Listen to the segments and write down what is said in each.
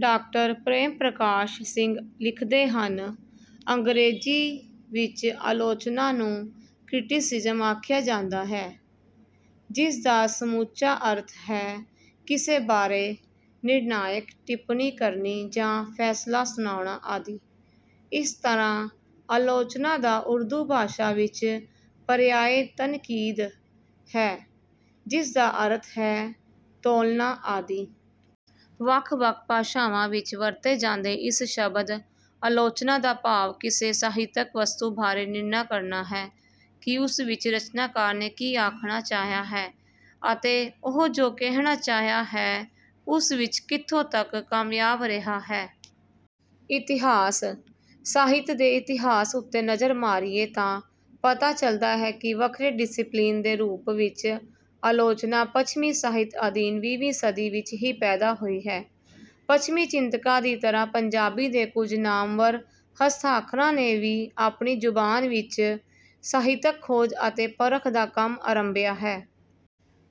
Doctor Prem Prakash Singh ਲਿਖਦੇ ਹਨ: ਅੰਗਰੇਜ਼ੀ ਵਿੱਚ ਆਲੋਚਨਾ ਨੂੰ "ਕ੍ਰਿਟਿਸਿਜ਼ਮ" ਆਖਿਆ ਜਾਂਦਾ ਹੈ, ਜਿਸਦਾ ਸਮੁੱਚਾ ਅਰਥ ਹੈ - ਕਿਸੇ ਬਾਰੇ ਨਿਰਣਾਇਕ ਟਿੱਪਣੀ ਕਰਨੀ ਜਾਂ ਫੈਸਲਾ ਸੁਣਾਉਣਾ ਆਦਿ। ਇਸ ਤਰ੍ਹਾਂ ਆਲੋਚਨਾ ਦਾ ਉਰਦੂ ਭਾਸ਼ਾ ਵਿੱਚ ਪਰਿਆਇ "ਤਨਕੀਦ" ਹੈ, ਜਿਸਦਾ ਅਰਥ ਹੈ: ਤੋਲਣਾ ਆਦਿ। ਵੱਖ-ਵੱਖ ਭਾਸ਼ਾਵਾਂ ਵਿੱਚ ਵਰਤੇ ਜਾਂਦੇ ਇਸ ਸ਼ਬਦ "ਆਲੋਚਨਾ" ਦਾ ਭਾਵ ਕਿਸੇ ਸਾਹਿਤਕ ਵਸਤੂ ਬਾਰੇ ਨਿਰਣਾ ਕਰਨਾ ਹੈ ਕਿ ਉਸ ਵਿੱਚ ਰਚਨਾਕਾਰ ਨੇ ਕੀ ਆਖਣਾ ਚਾਹਿਆ ਹੈ ਅਤੇ ਉਹ ਜੋ ਕਹਿਣਾ ਚਾਹਿਆ ਹੈ, ਉਸ ਵਿੱਚ ਕਿੱਥੋਂ ਤੱਕ ਕਾਮਯਾਬ ਰਿਹਾ ਹੈ। ਇਤਿਹਾਸ: ਸਾਹਿਤ ਦੇ ਇਤਿਹਾਸ ਉੱਤੇ ਨਜ਼ਰ ਮਾਰੀਏ ਤਾਂ ਪਤਾ ਚੱਲਦਾ ਹੈ ਕਿ ਵੱਖਰੇ ਡਿਸਿਪਲਿਨ ਦੇ ਰੂਪ ਵਿੱਚ ਆਲੋਚਨਾ ਪੱਛਮੀ ਸਾਹਿਤ ਅਧੀਨ ਵੀਹਵੀਂ ਸਦੀ ਵਿੱਚ ਹੀ ਪੈਦਾ ਹੋਈ ਹੈ। ਪੱਛਮੀ ਚਿੰਤਕਾਂ ਦੀ ਤਰ੍ਹਾਂ ਪੰਜਾਬੀ ਦੇ ਕੁਝ ਨਾਮਵਰ ਹਸਤਾਖਰਾਂ ਨੇ ਵੀ ਆਪਣੀ ਜ਼ੁਬਾਨ ਵਿੱਚ ਸਾਹਿਤਕ ਖੋਜ ਅਤੇ ਪਰਖ ਦਾ ਕੰਮ ਆਰੰਭਿਆ ਹੈ।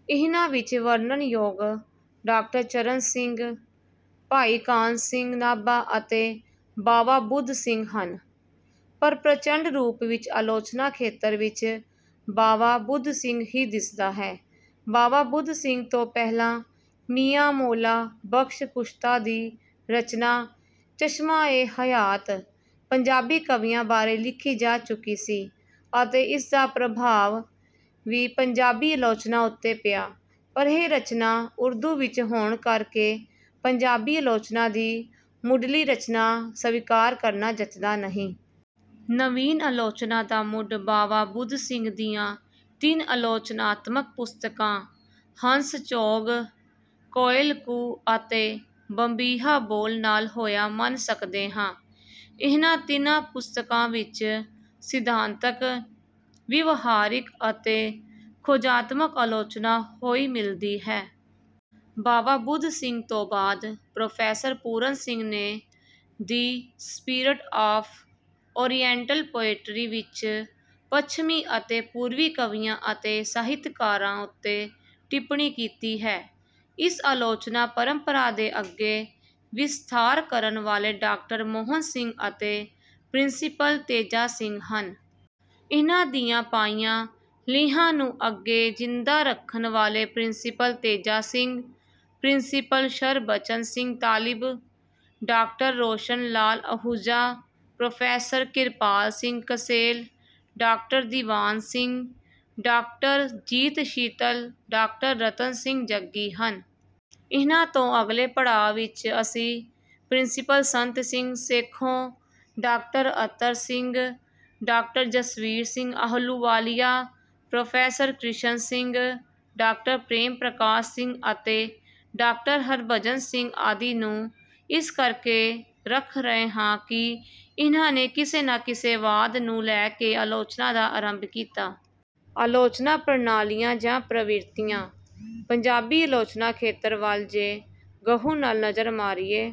ਇਹਨਾਂ ਵਿੱਚ ਵਰਣਨਯੋਗ ਡਾਕਟਰ ਚਰਨ ਸਿੰਘ, ਭਾਈ ਕਾਨ੍ਹ ਸਿੰਘ ਨਾਭਾ ਅਤੇ ਬਾਵਾ ਬੁੱਧ ਸਿੰਘ ਹਨ। ਪਰ ਪ੍ਰਚੰਡ ਰੂਪ ਵਿੱਚ ਆਲੋਚਨਾ ਖੇਤਰ ਵਿੱਚ ਬਾਵਾ ਬੁੱਧ ਸਿੰਘ ਹੀ ਦਿਸਦਾ ਹੈ। ਬਾਵਾ ਬੁੱਧ ਸਿੰਘ ਤੋਂ ਪਹਿਲਾਂ ਮੀਆਂ ਮੌਲਾ ਬਖ਼ਸ਼ ਕੁਸ਼ਤਾ ਦੀ ਰਚਨਾ "ਚਸ਼ਮਾ-ਏ-ਹਯਾਤ" ਪੰਜਾਬੀ ਕਵੀਆਂ ਬਾਰੇ ਲਿਖੀ ਜਾ ਚੁੱਕੀ ਸੀ ਅਤੇ ਇਸਦਾ ਪ੍ਰਭਾਵ ਵੀ ਪੰਜਾਬੀ ਆਲੋਚਨਾ ਉੱਤੇ ਪਿਆ, ਪਰ ਇਹ ਰਚਨਾ ਉਰਦੂ ਵਿੱਚ ਹੋਣ ਕਰਕੇ ਪੰਜਾਬੀ ਆਲੋਚਨਾ ਦੀ ਮੁੱਢਲੀ ਰਚਨਾ ਸਵੀਕਾਰ ਕਰਨਾ ਜੱਚਦਾ ਨਹੀਂ। ਨਵੀਨ ਆਲੋਚਨਾ ਦਾ ਮੁੱਢ ਬਾਵਾ ਬੁੱਧ ਸਿੰਘ ਦੀਆਂ ਤਿੰਨ ਆਲੋਚਨਾਤਮਕ ਪੁਸਤਕਾਂ "ਹੰਸ-ਚੋਗ", "ਕੋਇਲ ਕੂ" ਅਤੇ "ਬੰਬੀਹਾ ਬੋਲ" ਨਾਲ ਹੋਇਆ ਮੰਨ ਸਕਦੇ ਹਾਂ। ਇਹਨਾਂ ਤਿੰਨਾਂ ਪੁਸਤਕਾਂ ਵਿੱਚ ਸਿਧਾਂਤਕ, ਵਿਵਹਾਰਿਕ ਅਤੇ ਖੋਜਾਤਮਕ ਆਲੋਚਨਾ ਹੋਈ ਮਿਲਦੀ ਹੈ। ਬਾਵਾ ਬੁੱਧ ਸਿੰਘ ਤੋਂ ਬਾਅਦ ਪ੍ਰੋਫੈਸਰ ਪੂਰਨ ਸਿੰਘ ਨੇ "the spirit of oriental poetry" ਵਿੱਚ ਪੱਛਮੀ ਅਤੇ ਪੂਰਵੀ ਕਵੀਆਂ ਅਤੇ ਸਾਹਿਤਕਾਰਾਂ ਉੱਤੇ ਟਿੱਪਣੀ ਕੀਤੀ ਹੈ। ਇਸ ਆਲੋਚਨਾ ਪਰੰਪਰਾ ਦਾ ਅੱਗੇ ਵਿਸਥਾਰ ਕਰਨ ਵਾਲੇ ਡਾਕਟਰ ਮੋਹਨ ਸਿੰਘ ਅਤੇ ਪ੍ਰਿੰਸੀਪਲ ਤੇਜਾ ਸਿੰਘ ਹਨ। ਇਨ੍ਹਾਂ ਦੀਆਂ ਪਾਈਆਂ ਲੀਹਾਂ ਨੂੰ ਅੱਗੇ ਜਿੰਦਾ ਰੱਖਣ ਵਾਲੇ principal Teja Singh, principal Sharbachan Singh Talib, doctor Roshan Lal Ahuja, professor Kirpal Singh Kasel, doctor Diwan Singh, doctor Jeet Sheetal, doctor Ratan Singh Jaggi ਹਨ। ਇਨ੍ਹਾਂ ਤੋਂ ਅਗਲੇ ਪੜਾਅ ਵਿੱਚ ਅਸੀਂ principal Sant Singh Sekhon, doctor Attar Singh, doctor Jasvir Singh Ahluwalia, professor Krishan Singh, doctor Prem Prakash Singh ਅਤੇ ਡਾਕਟਰ ਹਰਿਭਜਨ ਸਿੰਘ ਆਦਿ ਨੂੰ ਇਸ ਕਰਕੇ ਰੱਖ ਰਹੇ ਹਾਂ ਕਿ ਇਹਨਾਂ ਨੇ ਕਿਸੇ ਨਾ ਕਿਸੇ ਵਾਦ ਨੂੰ ਲੈ ਕੇ ਆਲੋਚਨਾ ਦਾ ਆਰੰਭ ਕੀਤਾ। ਆਲੋਚਨਾ ਪ੍ਰਣਾਲੀਆਂ ਜਾਂ ਪ੍ਰਵਿਰਤੀਆਂ: ਪੰਜਾਬੀ ਆਲੋਚਨਾ ਖੇਤਰ ਵੱਲ ਜੇ ਗਹੁ ਨਾਲ ਨਜ਼ਰ ਮਾਰੀਏ,